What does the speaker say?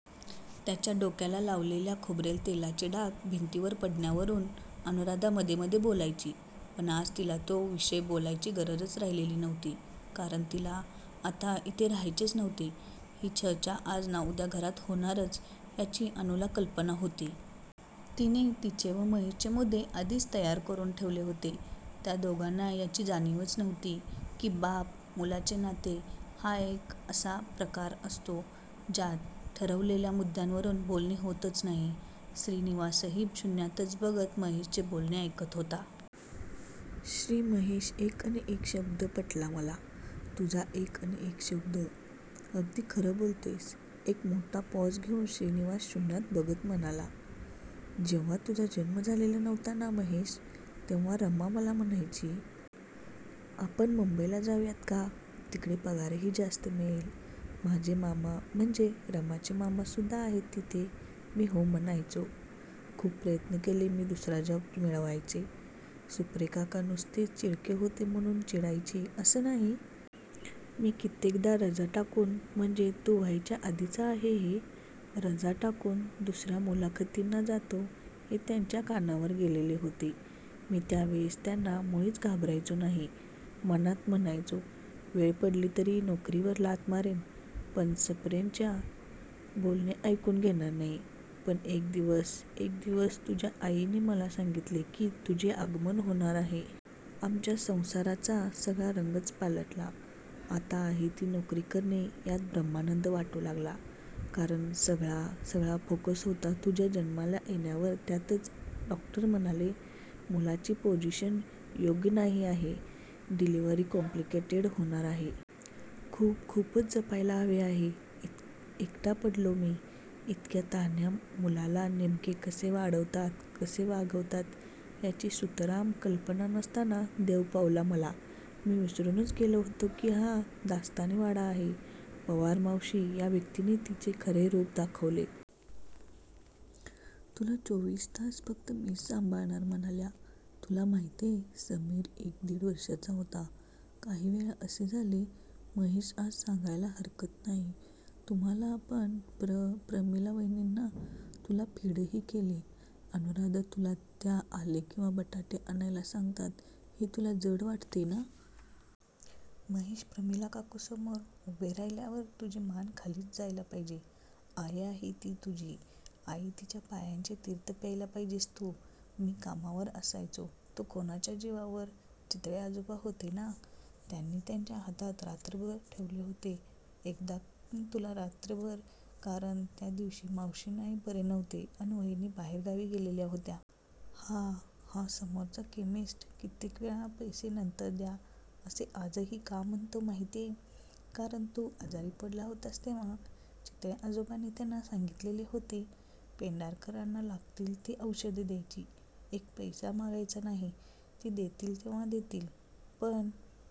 त्याच्या डोक्याला लावलेल्या खोबरेल तेलाचे डाग भिंतीवर पडण्यावरून अनुराधा मधेमधे बोलायची! पण आज तिला तो विषय बोलण्याची गरजच राहिलेली नव्हती! कारण तिला आता इथे राहायचेच नव्हते. ही चर्चा आज ना उद्या घरात होणारच याची अनुला कल्पना होती. तिने तिचे व महेशचे मुद्दे आधीच तयार करून ठेवले होते. त्या दोघांना याची जाणीवच नव्हती, की बाप मुलाचे नाते हा एक असा प्रकार असतो. ज्यात ठरवलेल्या मुद्यांवरून बोलणे होतच नाही. श्रीनिवासही शुन्यातच बघत महेशचे बोलणे ऐकत होता. श्री महेश एक अन एक शब्द पटला मला तुझा एक अन एक शब्द! अगदी खरं बोलतोयस. एक मोठा पॉझ घेऊन श्रीनिवास शुन्यात बघत म्हणाला. जेव्हा तुझा जन्म झालेला नव्हता ना महेश तेव्हा रमा मला म्हणायची. आपण मुंबईला जाऊयात का? तिकडे पगारही जास्त मिळेल. माझे मामा, म्हणजे रमाचे मामा, सुद्धा आहेत तिथे मी हो म्हणायचो. खूप प्रयत्न केले मी दुसरा जॉब मिळवायचे. सप्रेकाका नुसतेच चिडके होते म्हणून चिडायचे असे नाही. मी कित्येकदा रजा टाकून म्हणजे तू व्हायच्या आधीचं आहे हे रजा टाकून दुसर्या मुलाखतींना जातो हे त्यांच्या कानावर गेलेले होते. मी त्यावेळेस त्यांना मुळीच घाबरायचो नाही. मनात म्हणायचो. वेळ पडली तर या नोकरीवर लाथ मारेन, पण सप्रेंचे बोलणे ऐकून घेणार नाही पण एक दिवस एक दिवस तुझ्या आईने मला सांगीतले, की तुझे आगमन होणार आहे. आमच्या संसाराचा सगळा रंगच पालटला. आता आहे ती नोकरी करणे यात ब्रह्मानंद वाटू लागला. कारण सगळा सगळा फोकस होता तुझ्या जन्माला येण्यावर त्यातच डॉक्टर म्हणाले. मूलाची पोझिशन योग्य नाही आहे... डिलीव्हरी कॉम्प्लिकेटेड होणार आहे. खूप खूपच जपायला हवे आहे. एकटा पडलो मी इतक्या तान्ह्या मुलाला नेमके कसे वाढवतात, कसे वागवतात याची सुतराम कल्पना नसताना देव पावला मला मी विसरूनच गेलो होतो की हा दास्ताने वाडा आहे. पवार मावशी या व्यक्तीने तिचे खरे रूप दाखवले. तुला चोवीस तास फक्त मीच सांभाळणार म्हणाल्या. तुला माहितीय? समीर एक दिड वर्षाचा होता. काही वेळा असे झाले महेश आज सांगायला हरकत नाही तुम्हाला पण प्र प्रमिला वहिनींनी तुला फीडही केले. अनुराधा तुला त्या आले किंवा बटाटे आणायला सांगतात हे तुला जड वाटते ना?? महेश प्रमिला काकू समोर उभे राहिल्यावर तुझी मान खालीच जायला पाहिजे. आई आहे ती तुझी आई तिच्या पायांचे तीर्थ प्यायला पाहिजेस तू मी कामावर असायचो तो कुणाच्या जीवावर? चितळे आजोबा होते ना? त्यांनी त्यांच्या हातात रात्रभर ठेवले होते एकदा तुला रात्रभर कारण त्या दिवशी मावशींनाही बरे नव्हते अन वहिनी बाहेरगावी गेलेल्या होत्या. हा हा समोरचा केमिस्ट कित्येकवेळा पैसे नंतर द्या असे आजही का म्हणतो माहितीय? कारण तू आजारी पडला होतास तेव्हा चितळे आजोबांनी त्याला सांगीतलेले होते. पेंढारकरांना लागतील ती औषधे द्यायची. एक पैसा मागायचा नाही. ते देतील तेव्हा देतील, पण